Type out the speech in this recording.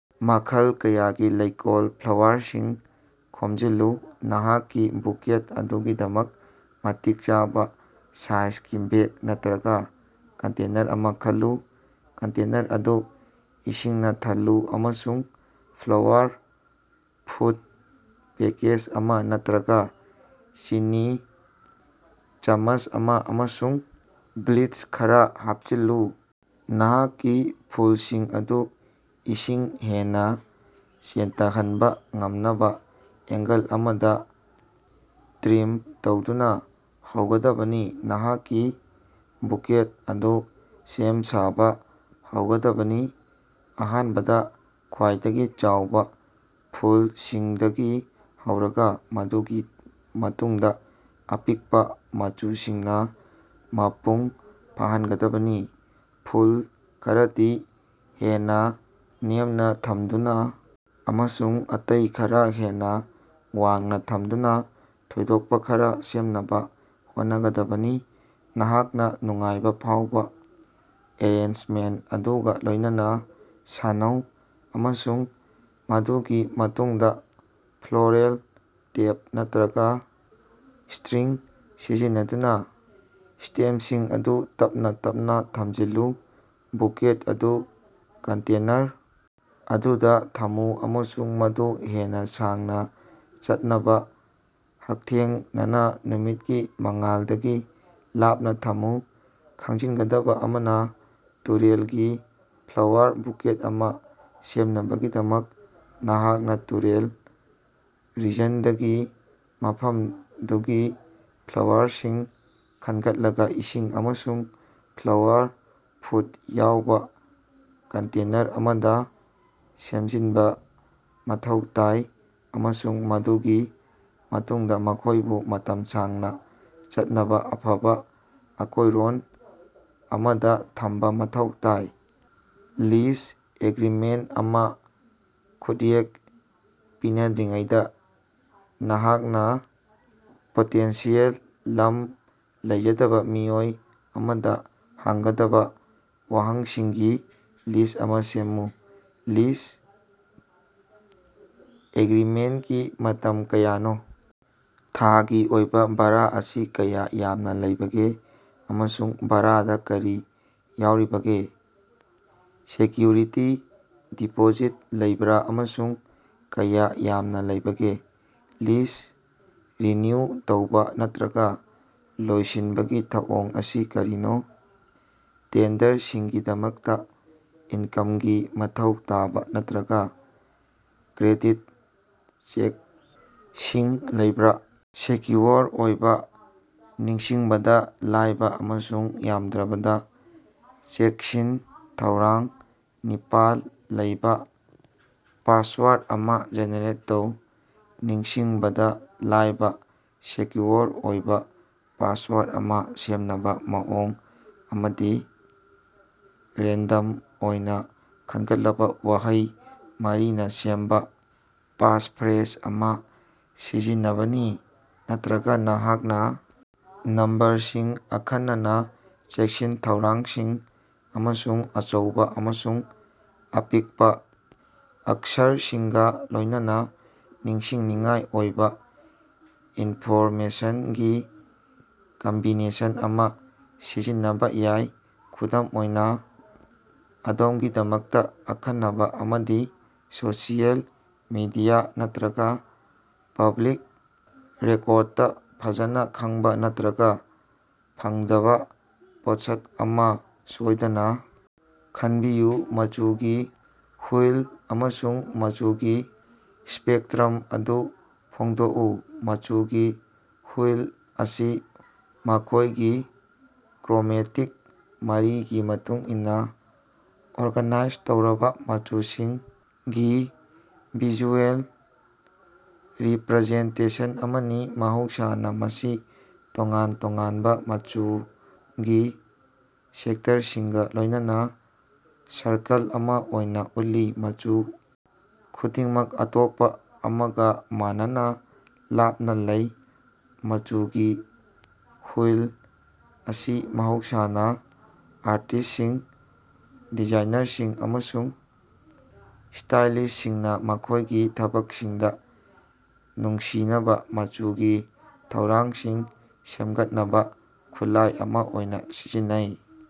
ꯃꯈꯜ ꯀꯌꯥꯒꯤ ꯂꯣꯀꯦꯜ ꯐ꯭ꯂꯥꯋꯔꯁꯤꯡ ꯈꯣꯝꯖꯤꯜꯂꯨ꯫ ꯅꯍꯥꯛꯀꯤ ꯕꯨꯀꯦꯠ ꯑꯗꯨꯒꯤꯗꯃꯛ ꯃꯇꯤꯛ ꯆꯥꯕ ꯁꯥꯏꯖꯒꯤ ꯚꯦꯖ ꯅꯠꯇ꯭ꯔꯒ ꯀꯟꯇꯦꯅꯔ ꯑꯃ ꯈꯜꯂꯨ꯫ ꯀꯟꯇꯦꯅꯔ ꯑꯗꯨ ꯏꯁꯤꯡꯅ ꯊꯜꯂꯨ ꯑꯃꯁꯨꯡ ꯐ꯭ꯂꯥꯋꯔ ꯐꯨꯗ ꯄꯦꯀꯦꯖ ꯑꯃ ꯅꯠꯇ꯭ꯔꯒ ꯆꯤꯅꯤ ꯆꯥꯃꯆ ꯑꯃ ꯑꯃꯁꯨꯡ ꯕ꯭ꯂꯤꯆ ꯈꯔ ꯍꯥꯞꯆꯤꯜꯂꯨ꯫ ꯅꯍꯥꯛꯀꯤ ꯐꯨꯜꯁꯤꯡ ꯑꯗꯨ ꯏꯁꯤꯡ ꯍꯦꯟꯅ ꯆꯦꯟꯊꯍꯟꯕ ꯉꯝꯅꯕ ꯑꯦꯡꯒꯜ ꯑꯃꯗ ꯇ꯭ꯔꯤꯝ ꯇꯧꯗꯨꯅ ꯍꯧꯒꯗꯕꯅꯤ꯫ ꯅꯍꯥꯛꯀꯤ ꯕꯨꯀꯦꯠ ꯑꯗꯨ ꯁꯦꯝ-ꯁꯥꯕ ꯍꯧꯒꯗꯕꯅꯤ, ꯑꯍꯥꯟꯕꯗ ꯈ꯭ꯋꯥꯏꯗꯒꯤ ꯆꯥꯎꯕ ꯐꯨꯜꯁꯤꯡꯗꯒꯤ ꯍꯧꯔꯒ, ꯃꯗꯨꯒꯤ ꯃꯇꯨꯡꯗ ꯑꯄꯤꯛꯄ ꯃꯆꯨꯁꯤꯡꯅ ꯃꯄꯨꯡ ꯐꯥꯍꯟꯒꯗꯕꯅꯤ꯫ ꯐꯨꯜ ꯈꯔꯗꯤ ꯍꯦꯟꯅ ꯅꯦꯝꯅ ꯊꯝꯗꯨꯅ ꯑꯃꯁꯨꯡ ꯑꯇꯩ ꯈꯔ ꯍꯦꯟꯅ ꯋꯥꯡꯅ ꯊꯝꯗꯨꯅ ꯊꯣꯏꯗꯣꯛꯄ ꯈꯔ ꯁꯦꯝꯅꯕ ꯍꯣꯠꯅꯒꯗꯕꯅꯤ꯫ ꯅꯍꯥꯛꯅ ꯅꯨꯡꯉꯥꯏꯕ ꯐꯥꯎꯕ ꯑꯦꯔꯦꯟꯖꯃꯦꯟꯠ ꯑꯗꯨꯒ ꯂꯣꯏꯅꯅ ꯁꯥꯟꯅꯧ, ꯑꯃꯁꯨꯡ ꯃꯗꯨꯒꯤ ꯃꯇꯨꯡꯗ ꯐ꯭ꯂꯣꯔꯜ ꯇꯦꯞ ꯅꯠꯇ꯭ꯔꯒ ꯁ꯭ꯇꯔꯤꯡ ꯁꯤꯖꯤꯟꯅꯗꯨꯅ ꯁ꯭ꯇꯦꯝꯁꯤꯡ ꯑꯗꯨ ꯇꯞꯅ ꯇꯞꯅ ꯊꯝꯖꯤꯜꯂꯨ꯫ ꯕꯨꯀꯦꯠ ꯑꯗꯨ ꯀꯟꯇꯦꯅꯔ ꯑꯗꯨꯗ ꯊꯝꯃꯨ ꯑꯃꯁꯨꯡ ꯃꯗꯨ ꯍꯦꯟꯅ ꯁꯥꯡꯅ ꯆꯠꯅꯕ ꯍꯛꯊꯦꯡꯅꯅ ꯅꯨꯃꯤꯠꯀꯤ ꯃꯉꯥꯜꯗꯒꯤ ꯂꯥꯞꯅ ꯊꯝꯃꯨ꯫ ꯈꯪꯖꯤꯟꯒꯗꯕ꫰ꯑꯃꯅ, ꯇꯨꯔꯦꯜꯒꯤ ꯐ꯭ꯂꯥꯋꯔ ꯕꯨꯀꯦꯠ ꯑꯃ ꯁꯦꯝꯅꯕꯒꯤꯗꯃꯛ, ꯅꯍꯥꯛꯅ ꯇꯨꯔꯦꯜ ꯔꯤꯖꯟꯗꯒꯤ ꯃꯐꯝꯗꯨꯒꯤ ꯐ꯭ꯂꯥꯋꯔꯁꯤꯡ ꯈꯟꯒꯠꯂꯒ ꯏꯁꯤꯡ ꯑꯃꯁꯨꯡ ꯐ꯭ꯂꯥꯋꯔ ꯐꯨꯗ ꯌꯥꯎꯕ ꯀꯟꯇꯦꯅꯔ ꯑꯃꯗ ꯁꯦꯝꯖꯤꯟꯕ ꯃꯊꯧ ꯇꯥꯏ, ꯑꯃꯁꯨꯡ ꯃꯗꯨꯒꯤ ꯃꯇꯨꯡꯗ ꯃꯈꯣꯏꯕꯨ ꯃꯇꯝ ꯁꯥꯡꯅ ꯆꯠꯅꯕ ꯑꯐꯕ ꯑꯀꯣꯏꯔꯣꯟ ꯑꯃꯗ ꯊꯝꯕ ꯃꯊꯧ ꯇꯥꯏ꯫ ꯂꯤꯖ ꯑꯦꯒ꯭ꯔꯤꯃꯦꯟꯠ ꯑꯃ ꯈꯨꯠꯌꯦꯛ ꯄꯤꯅꯗ꯭ꯔꯤꯉꯩꯗ ꯅꯍꯥꯛꯅ ꯄꯣꯇꯦꯟꯁꯤꯑꯦꯜ ꯂꯝ ꯂꯩꯖꯗꯕ ꯃꯤꯑꯣꯏ ꯑꯃꯗ ꯍꯪꯒꯗꯕ ꯋꯥꯍꯪꯁꯤꯡꯒꯤ ꯂꯤꯁ꯭ꯠ ꯑꯃ ꯁꯦꯝꯃꯨ꯫ ꯂꯤꯖ ꯑꯦꯒ꯭ꯔꯤꯃꯦꯟꯠꯀꯤ ꯃꯇꯝ ꯀꯌꯥꯅꯣ? ꯊꯥꯒꯤ ꯑꯣꯏꯕ ꯚꯥꯔ ꯑꯁꯤ ꯀꯌꯥ ꯌꯥꯝꯅ ꯂꯩꯕꯒꯦ ꯑꯃꯁꯨꯡ ꯚꯥꯔꯥꯗ ꯀꯔꯤ ꯌꯥꯎꯔꯤꯕꯒꯦ? ꯁꯦꯀ꯭ꯌꯨꯔꯤꯇꯤ ꯗꯤꯄꯣꯖꯤꯠ ꯂꯩꯕꯔꯥ ꯑꯃꯁꯨꯡ ꯀꯌꯥ ꯌꯥꯝꯅ ꯂꯩꯕꯒꯦ? ꯂꯤꯖ ꯔꯤꯅ꯭ꯌꯨ ꯇꯧꯕ ꯅꯠꯇ꯭ꯔꯒ ꯂꯣꯏꯁꯤꯟꯕꯒꯤ ꯊꯧꯑꯣꯡ ꯑꯁꯤ ꯀꯔꯤꯅꯣ? ꯇꯦꯟꯗꯔꯁꯤꯡꯒꯤꯗꯃꯛꯇ ꯏꯟꯀꯝꯒꯤ ꯃꯊꯧ ꯇꯥꯕ ꯅꯠꯇ꯭ꯔꯒ ꯀ꯭ꯔꯦꯗꯤꯠ ꯆꯦꯛꯁꯤꯡ ꯂꯩꯕꯔꯥ? ꯁꯦꯀ꯭ꯌꯨꯑꯣꯔ ꯑꯣꯏꯕ, ꯅꯤꯡꯁꯤꯡꯕꯗ ꯂꯥꯏꯕ ꯑꯃꯁꯨꯡ ꯌꯥꯝꯗ꯭ꯔꯕꯗ ꯆꯦꯛꯁꯤꯟ-ꯊꯧꯔꯥꯡ ꯅꯤꯄꯥꯜ ꯂꯩꯕ ꯄꯥꯁꯋꯔꯗ ꯑꯃ ꯖꯦꯅꯦꯔꯦꯠ ꯇꯧ꯫ ꯅꯤꯡꯁꯤꯡꯕꯗ ꯂꯥꯏꯕ ꯁꯦꯀ꯭ꯌꯨꯑꯣꯔ ꯑꯣꯏꯕ ꯄꯥꯁꯋꯔꯗ ꯑꯃ ꯁꯦꯝꯅꯕꯒꯤ ꯃꯑꯣꯡ ꯑꯃꯗꯤ ꯔꯦꯟꯗꯝ ꯑꯣꯏꯅ ꯈꯟꯒꯠꯂꯕ ꯋꯥꯍꯩ ꯃꯔꯤꯅ ꯁꯦꯝꯕ ꯄꯥꯁꯐ꯭ꯔꯦꯖ ꯑꯃ ꯁꯤꯖꯤꯟꯅꯕꯅꯤ꯫ ꯅꯠꯇ꯭ꯔꯒ, ꯅꯍꯥꯛꯅ ꯅꯝꯕꯔꯁꯤꯡ, ꯑꯈꯟꯅꯕ ꯆꯦꯛꯁꯤꯟ-ꯊꯧꯔꯥꯡꯁꯤꯡ, ꯑꯃꯁꯨꯡ ꯑꯆꯧꯕ ꯑꯃꯁꯨꯡ ꯑꯄꯤꯛꯄ ꯑꯛꯁꯔꯁꯤꯡꯒ ꯂꯣꯏꯅꯅ ꯅꯤꯡꯁꯤꯡꯅꯤꯡꯉꯥꯏ ꯑꯣꯏꯕ ꯏꯟꯐꯣꯔꯃꯦꯁꯟꯒꯤ ꯀꯝꯕꯤꯅꯦꯁꯟ ꯑꯃ ꯁꯤꯖꯤꯟꯅꯕ ꯌꯥꯏ꯫ ꯈꯨꯗꯝ ꯑꯣꯏꯅ, ꯑꯗꯣꯝꯒꯤꯗꯃꯛꯇ ꯑꯈꯟꯅꯕ ꯑꯃꯗꯤ ꯁꯣꯁꯤꯌꯦꯜ ꯃꯤꯗꯤꯌꯥ ꯅꯠꯇ꯭ꯔꯒ ꯄꯕ꯭ꯂꯤꯛ ꯔꯦꯀꯣꯔꯗꯇ ꯐꯖꯅ ꯈꯪꯕ ꯅꯠꯇ꯭ꯔꯒ ꯐꯪꯗꯕ ꯄꯣꯠꯁꯛ ꯑꯃ ꯁꯣꯏꯗꯅ ꯈꯟꯕꯤꯌꯨ꯫ ꯃꯆꯨꯒꯤ ꯍꯨꯏꯜ ꯑꯃꯁꯨꯡ ꯃꯆꯨꯒꯤ ꯁ꯭ꯄꯦꯛꯇ꯭ꯔꯝ ꯑꯗꯨ ꯐꯣꯡꯗꯣꯛꯎ꯫ ꯃꯆꯨꯒꯤ ꯍꯨꯏꯜ ꯑꯁꯤ ꯃꯈꯣꯏꯒꯤ ꯀ꯭ꯔꯣꯃꯦꯇꯤꯛ ꯃꯔꯤꯒꯤ ꯃꯇꯨꯡ ꯏꯟꯅ ꯑꯣꯔꯒꯅꯥꯏꯖ ꯇꯧꯔꯕ ꯃꯆꯨꯁꯤꯡꯒꯤ ꯚꯤꯖꯨꯑꯦꯜ ꯔꯤꯄ꯭ꯔꯖꯦꯟꯇꯦꯁꯟ ꯑꯃꯅꯤ꯫ ꯃꯍꯧꯁꯥꯅ ꯃꯁꯤ ꯇꯣꯉꯥꯟ-ꯇꯣꯉꯥꯟꯕ ꯃꯆꯨꯒꯤ ꯁꯦꯛꯇꯔꯁꯤꯡꯒ ꯂꯣꯏꯅꯅ ꯁꯔꯀꯜ ꯑꯃ ꯑꯣꯏꯅ ꯎꯠꯂꯤ, ꯃꯆꯨ ꯈꯨꯗꯤꯡꯃꯛ ꯑꯇꯣꯞꯄ ꯑꯃꯒ ꯃꯥꯟꯅꯅ ꯂꯥꯞꯅ ꯂꯩ꯫ ꯃꯆꯨꯒꯤ ꯍꯨꯏꯜ ꯑꯁꯤ ꯃꯍꯧꯁꯥꯅ ꯑꯥꯔꯇꯤꯁꯁꯤꯡ, ꯗꯤꯖꯥꯏꯅꯔꯁꯤꯡ ꯑꯃꯁꯨꯡ ꯁ꯭ꯇꯥꯏꯂꯤꯁꯁꯤꯡꯅ ꯃꯈꯣꯏꯒꯤ ꯊꯕꯛꯁꯤꯡꯗ ꯅꯨꯡꯁꯤꯅꯕ ꯃꯆꯨꯒꯤ ꯊꯧꯔꯥꯡꯁꯤꯡ ꯁꯦꯝꯒꯠꯅꯕ ꯈꯨꯠꯂꯥꯏ ꯑꯃ ꯑꯣꯏꯅ ꯁꯤꯖꯤꯟꯅꯩ꯫